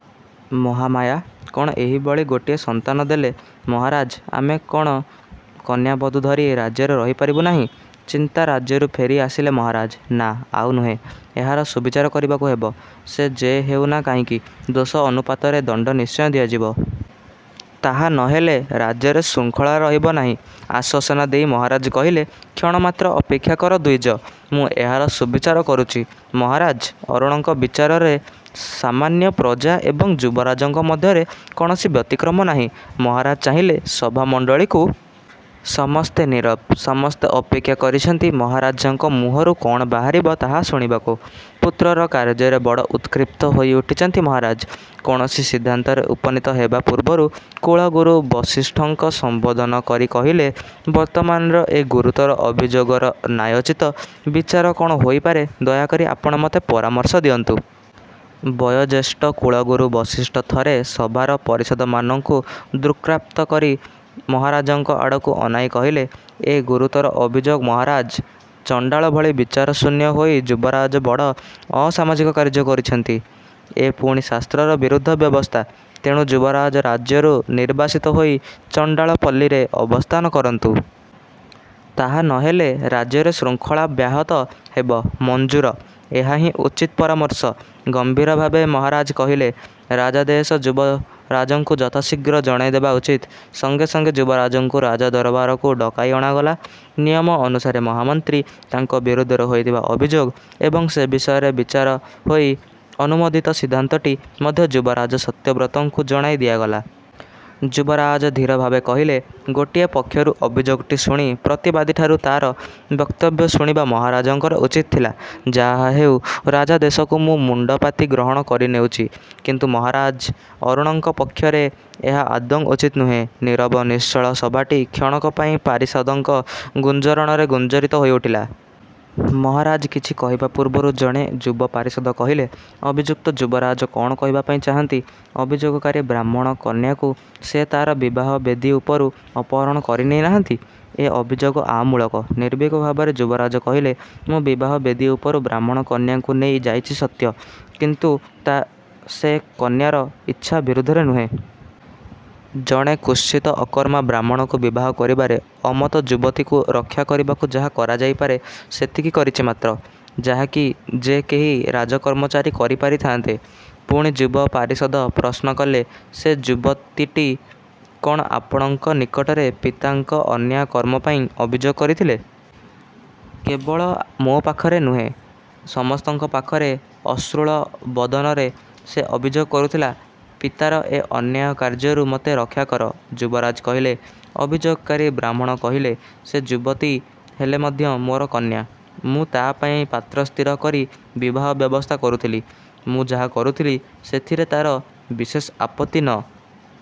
ମହାମାୟା କ'ଣ ଏହିଭଳି ଗୋଟିଏ ସନ୍ତାନ ଦେଲେ? ମହାରାଜ ଆମେ କ'ଣ କନ୍ୟାବଧୂ ଧରି ରାଜ୍ୟରେ ରହିପାରିବୁ ନାହିଁ? ଚିନ୍ତାରାଜ୍ୟରୁ ଫେରି ଆସିଲେ ମହାରାଜ। ନା, ଆଉ ନୁହେଁ। ଏହାର ସୁବିଚାର କରିବାକୁ ହେବ। ସେ ଯେ ହେଉନା କାହିଁକି ଦୋଷ ଅନୁପାତରେ ଦଣ୍ଡ ନିଶ୍ଚୟ ଦିଆଯିବ। ତାହା ନ ହେଲେ ରାଜ୍ୟରେ ଶୃଙ୍ଖଳା ରହିବ ନାହିଁ। ଆଶ୍ୱାସନା ଦେଇ ମହାରାଜା କହିଲେ, କ୍ଷଣମାତ୍ର ଅପେକ୍ଷା କର ଦ୍ୱିଜ। ମୁଁ ଏହାର ସୁବିଚାର କରୁଛି। ମହାରାଜ ଅରୁଣଙ୍କ ବିଚାରରରେ ସାମାନ୍ୟ ପ୍ରଜା ଏବଂ ଯୁବରାଜଙ୍କ ମଧ୍ୟରେ କୌଣସି ବ୍ୟତିକ୍ରମ ନାହିଁ। ମହାରାଜ ଚାହିଁଲେ ସଭାମଣ୍ଡଳୀଙ୍କୁ। ସମସ୍ତେ ନୀରବ। ସମସ୍ତେ ଅପେକ୍ଷା କରିଛନ୍ତି ମହାରାଜାଙ୍କ ମୁହଁରୁ କ'ଣ ବାହାରିବ ତାହା ଶୁଣିବାକୁ। ପୁତ୍ରର କାର୍ଯ୍ୟରେ ବଡ଼ ଉତ୍କ୍ଷିପ୍ତ ହୋଇଉଠିଛନ୍ତି ମହାରାଜ। କୌଣସି ସିଦ୍ଧାନ୍ତରେ ଉପନୀତ ହେବା ପୂର୍ବରୁ କୁଳଗୁରୁ ବଶିଷ୍ଠଙ୍କ ସମ୍ୱୋଧନ କରି କହିଲେ ବର୍ତ୍ତମାନର ଏ ଗୁରୁତର ଅଭିଯୋଗର ନ୍ୟାୟୋଚିତ ବିଚାର କ'ଣ ହୋଇପାରେ ଦୟାକରି ଆପଣ ମୋତେ ପରାମର୍ଶ ଦିଅନ୍ତୁ। ବୟୋଜ୍ୟେଷ୍ଠ କୁଳଗୁରୁ ବଶିଷ୍ଠ ଥରେ ସଭାର ପରିଷଦମାନଙ୍କୁ ଦୃକ୍ପାତ କରି ମହାରାଜଙ୍କ ଆଡ଼କୁ ଅନାଇଁ କହିଲେ, ଏ ଗୁରୁତର ଅଭିଯୋଗ ମହାରାଜ! ଚଣ୍ଡାଳଭଳି ବିଚାରଶୂନ୍ୟ ହୋଇ ଯୁବରାଜ ବଡ଼ ଅସାମାଜିକ କାର୍ଯ୍ୟ କରିଛନ୍ତି। ଏ ପୁଣି ଶାସ୍ତ୍ରର ବିରୁଦ୍ଧ ବ୍ୟବସ୍ଥା; ତେଣୁ ଯୁବରାଜ ରାଜ୍ୟରୁ ନିର୍ବାସିତ ହୋଇ ଚଣ୍ଡାଳପଲ୍ଲୀରେ ଅବସ୍ଥାନ କରନ୍ତୁ। ତାହା ନ ହେଲେ ରାଜ୍ୟରେ ଶୃଙ୍ଖଳା ବ୍ୟାହତ ହେବ। ''ମଞ୍ଜୁର। ଏହାହିଁ ଉଚିତ ପରାମର୍ଶ। '' ଗମ୍ଭୀରଭାବେ ମହାରାଜ କହିଲେ। ରାଜାଦେଶ ଯୁବରାଜଙ୍କୁ ଯଥାଶୀଘ୍ର ଜଣାଇଦେବା ଉଚିତ୍। ସଙ୍ଗେ ସଙ୍ଗେ ଯୁବରାଜଙ୍କୁ ରାଜଦରବାରକୁ ଡକାଇ ଅଣାଗଲା। ନିୟମ ଅନୁସାରେ ମହାମନ୍ତ୍ରୀ ତାଙ୍କ ବିରୁଦ୍ଧରେ ହୋଇଥିବା ଅଭିଯୋଗ ଏବଂ ସେ ବିଷୟରେ ବିଚାର ହୋଇ ଅନୁମୋଦିତ ସିଦ୍ଧାନ୍ତଟି ମଧ୍ୟ ଯୁବରାଜ ସତ୍ୟବ୍ରତଙ୍କୁ ଜଣାଇ ଦିଆଗଲା। ଯୁବରାଜ ଧୀରଭାବେ କହିଲେ, ଗୋଟିଏ ପକ୍ଷରୁ ଅଭିଯୋଗଟି ଶୁଣି ପ୍ରତିବାଦୀଠାରୁ ତା'ର ବକ୍ତବ୍ୟ ଶୁଣିବା ମହାରାଜାଙ୍କର ଉଚିତ୍ ଥିଲା। ଯାହାହେଉ ରାଜାଦେଶକୁ ମୁଁ ମୁଣ୍ଡପାତି ଗ୍ରହଣ କରିନେଉଛି; କିନ୍ତୁ ମହାରାଜଅରୁଣଙ୍କ ପକ୍ଷରେ ଏହା ଆଦୌ ଉଚିତ୍ ନୁହେଁ। ନୀରବ ନିଶ୍ଚଳ ସଭାଟି କ୍ଷଣକ ପାଇଁ ପାରିଷଦଙ୍କ ଗୁଞ୍ଜରଣରେ ଗୁଞ୍ଜରିତ ହୋଇଉଠିଲା। ମହାରାଜ କିଛି କହିବା ପୂର୍ବରୁ ଜଣେ ଯୁବ-ପାରିଷଦ କହିଲେ, ଅଭିଯୁକ୍ତ ଯୁବରାଜ କ'ଣ କହିବା ପାଇଁ ଚାହାଁନ୍ତି, ଅଭିଯୋଗକାରୀ ବ୍ରାହ୍ମଣ କନ୍ୟାକୁ ସେ ତା'ର ବିବାହବେଦୀ ଉପରୁ ଅପହରଣ କରିନେଇ ନାହନ୍ତି? ଏ ଅଭିଯୋଗ ଆମୂଳକ? ନିର୍ଭୀକ ଭାବରେ ଯୁବରାଜ କହିଲେ, ମୁଁ ବିବାହବେଦୀ ଉପରୁ ବ୍ରାହ୍ମଣ କନ୍ୟାଙ୍କୁ ନେଇ ଯାଇଛି ସତ୍ୟ; କିନ୍ତୁ ତା ସେ କନ୍ୟାର ଇଚ୍ଛା ବିରୁଦ୍ଧରେ ନୁହେଁ। ଜଣେ କୁତ୍ସିତ ଅକର୍ମା ବ୍ରାହ୍ମଣକୁ ବିବାହ କରିବାରେ ଅମତ ଯୁବତୀକୁ ରକ୍ଷା କରିବାକୁ ଯାହା କରାଯାଇପାରେ ସେତିକି କରିଛି ମାତ୍ର; ଯାହାକି ଯେ କେହି ରାଜକର୍ମଚାରୀ କରିପାରିଥାଆନ୍ତେ। ପୁଣି ଯୁବ ପାରିଷଦ ପ୍ରଶ୍ନ କଲେ, ''ସେ ଯୁବତୀଟି କ'ଣ ଆପଣଙ୍କ ନିକଟରେ ପିତାଙ୍କ ଅନ୍ୟାୟ କର୍ମପାଇଁ ଅଭିଯୋଗ କରିଥିଲେ? '' କେବଳ ମୋ ପାଖରେ ନୁହେଁ ସମସ୍ତଙ୍କ ପାଖରେ ଅଶ୍ରୁଳ ବଦନରେ ସେ ଅଭିଯୋଗ କରୁଥିଲା, ପିତାର ଏ ଅନ୍ୟାୟ କାର୍ଯ୍ୟରୁ ମୋତେ ରକ୍ଷାକର। ଯୁବରାଜ କହିଲେ। ଅଭିଯୋଗକାରୀ ବ୍ରାହ୍ମଣ କହିଲେ, ସେ ଯୁବତୀ ହେଲେ ମଧ୍ୟ ମୋର କନ୍ୟା। ମୁଁ ତା'ପାଇଁ ପାତ୍ର ସ୍ଥିର କରି ବିବାହ ବ୍ୟବସ୍ଥା କରୁଥିଲି। ମୁଁ ଯାହା କରୁଥିଲି ସେଥିରେ ତା'ର ବିଶେଷ ଆପତ୍ତି ନ